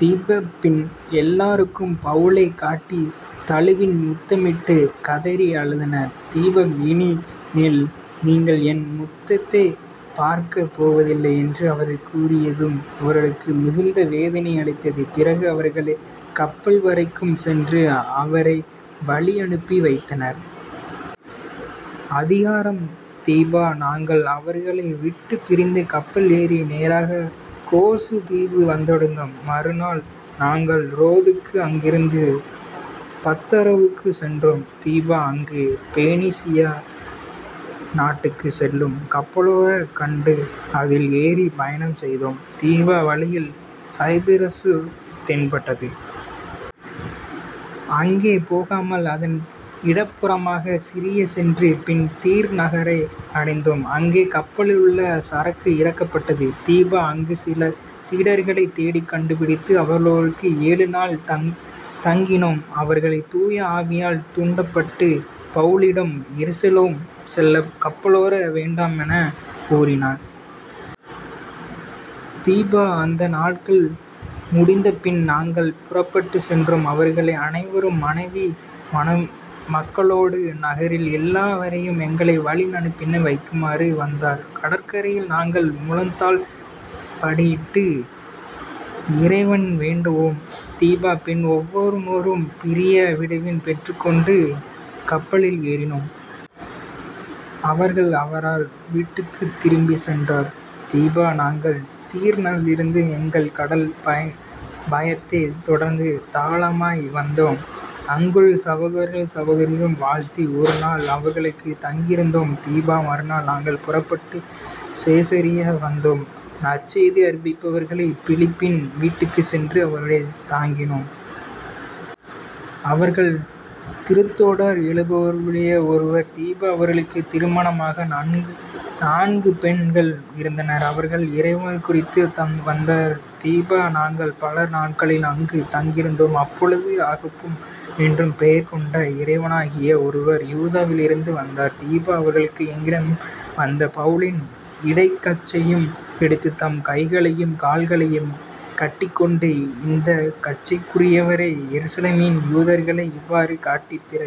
திப. பின் எல்லாரும் பவுலைக் கட்டித் தழுவி முத்தமிட்டுக் கதறி அழுதனர். திப. " இனி மேல் நீங்கள் என் முகத்தைப் பார்க்கப் போவதில்லை " என்று அவர் கூறியது அவர்களுக்கு மிகுந்த வேதனை அளித்தது. பிறகு அவர்கள் கப்பல்வரைக்கும் சென்று அவரை வழியனுப்பி வைத்தனர்.. அதிகாரம் திப. நாங்கள் அவர்களை விட்டுப் பிரிந்து கப்பல் ஏறி நேராகக் கோசு தீவு வந்தடைந்தோம். மறு நாள் நாங்கள் ரோதுக்கும் அங்கிருந்து பத்தாராவுக்கும் சென்றோம். திப. அங்கு பெனிசிய நாட்டுக்குச் செல்லும் கப்பலொன்றைக் கண்டு அதில் ஏறிப் பயணம் செய்தோம். திப. வழியில் சைப்பிரசு தென்பட்டது. அங்கே போகாமல் அதன் இடப் புறமாக சிரியா சென்று பின் தீர் நகரை அடைந்தோம். அங்கே கப்பலிலுள்ள சரக்கு இறக்கப்பட்டது. திப. அங்குச் சில சீடர்களைத் தேடிக் கண்டுபிடித்து அவர்களோடு ஏழு நாள் தங்கினோம். அவர்கள் தூய ஆவியால் தூண்டப்பட்டு பவுலிடம் எருசலேம் செல்லக் கப்பலேற வேண்டாமெனக் கூறினர். திப. அந்த நாள்கள் முடிந்தபின் நாங்கள் புறப்பட்டுச் சென்றோம். அவர்கள் அனைவரும் மனைவி மக்களோடு நகரின் எல்லை வரை எங்களை வழி அனுப்பி வைக்குமாறு வந்தார்கள். கடற்கரையில் நாங்கள் முழந்தாள் படியிட்டு இறைவனிடம் வேண்டினோம். திப. பின் ஒவ்வரிடமொருவர் பிரியா விடை பெற்றுக் கொண்டு கப்பலில் ஏறினோம். அவர்கள் அவரவர் வீடுகளுக்குத் திரும்பிச் சென்றார்கள். திப. நாங்கள் தீர் நகிலிருந்து எங்கள் கடல் பயணத்தைத் தொடர்ந்து தாலமாய் வந்தடைந்தோம். அங்குள்ள சகோதரர் சகோதரிகளை வாழ்த்தி ஒரு நாள் அவர்களுடன் தங்கியிருந்தோம். திப. மறுநாள் நாங்கள் புறப்பட்டுச் செசரியா வந்தோம். நற்செய்தி அறிவிப்பவரான பிலிப்பின் வீட்டுக்குச் சென்று அவருடன் தங்கினோம். அவர் திருத்தொண்டர் எழுவருள் ஒருவர். திப. அவருக்குத் திருமணமாகா நான்கு பெண் மக்கள் இருந்தனர். அவர்கள் இறைவாக்குரைத்து வந்தார்கள். திப. நாங்கள் பல நாள்கள் அங்குத் தங்கியிருந்தோம். அப்போது அகபு என்னும் பெயர் கொண்ட இறைவாக்கினர் ஒருவர் யூதேயாவிலிருந்து வந்தார். திப. அவர் எங்களிடம் வந்து பவுலின் இடைக் கச்சையை எடுத்து தம் கைகளையும் கால்களையும் கட்டிக் கொண்டு " இந்தக் கச்சைக்குரியவரை எருசலேமில் யூதர்கள் இவ்வாறு கட்டிப் பிற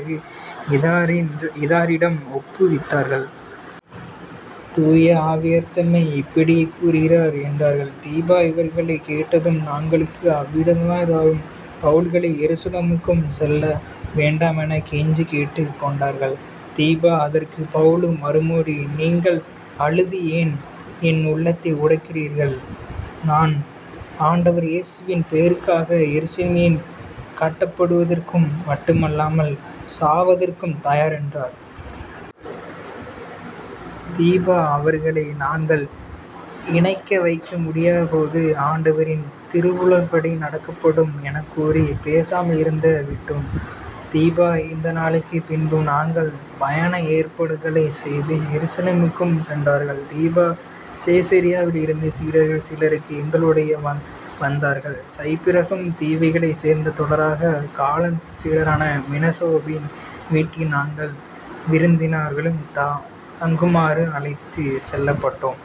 இனத்தாரிடம் ஒப்புவித்தார்கள். தூய ஆவியார்தாமே இப்படிக் கூறுகிறார் " என்றார். திப. இவற்றைக் கேட்டதும் நாங்களும் அவ்விடத்தாரும் பவுலை எருசலேமுக்குச் செல்ல வேண்டாமெனக் கெஞ்சிக் கேட்டுக் கொண்டோ ம். திப. அதற்குப் பவுல் மறுமொழியாக " நீங்கள் அழுது ஏன் என் உள்ளத்தை உடைக்கிறீர்கள்? நான் ஆண்டவர் இயேசுவின் பெயருக்காக எருசலேமில் கட்டப்படுவதற்கு மட்டுமல்ல சாவதற்கும் தயார் " என்றார். திப. அவரை நாங்கள் இணங்க வைக்க முடியாது போகவே " ஆண்டவரின் திருவுளப்படி நடக்கட்டும் " எனக்கூறிப் பேசாமலிருந்து விட்டோ ம். திப. இந்நாள்களுக்குப் பின்பு நாங்கள் பயண ஏற்பாடுகளைச் செய்து எருசலேமுக்குச் சென்றோம். திப. செசரியாவிலிருந்து சீடர் சிலரும் எங்களுடன் வந்தனர். சைப்பிரசு தீவைச் சேர்ந்த தொடக்க காலச் சீடரான மினாசோவின் வீட்டில் நாங்கள் விருந்தினராகத் தங்குமாறு அழைத்துச் செல்லப்பட்டோ ம்.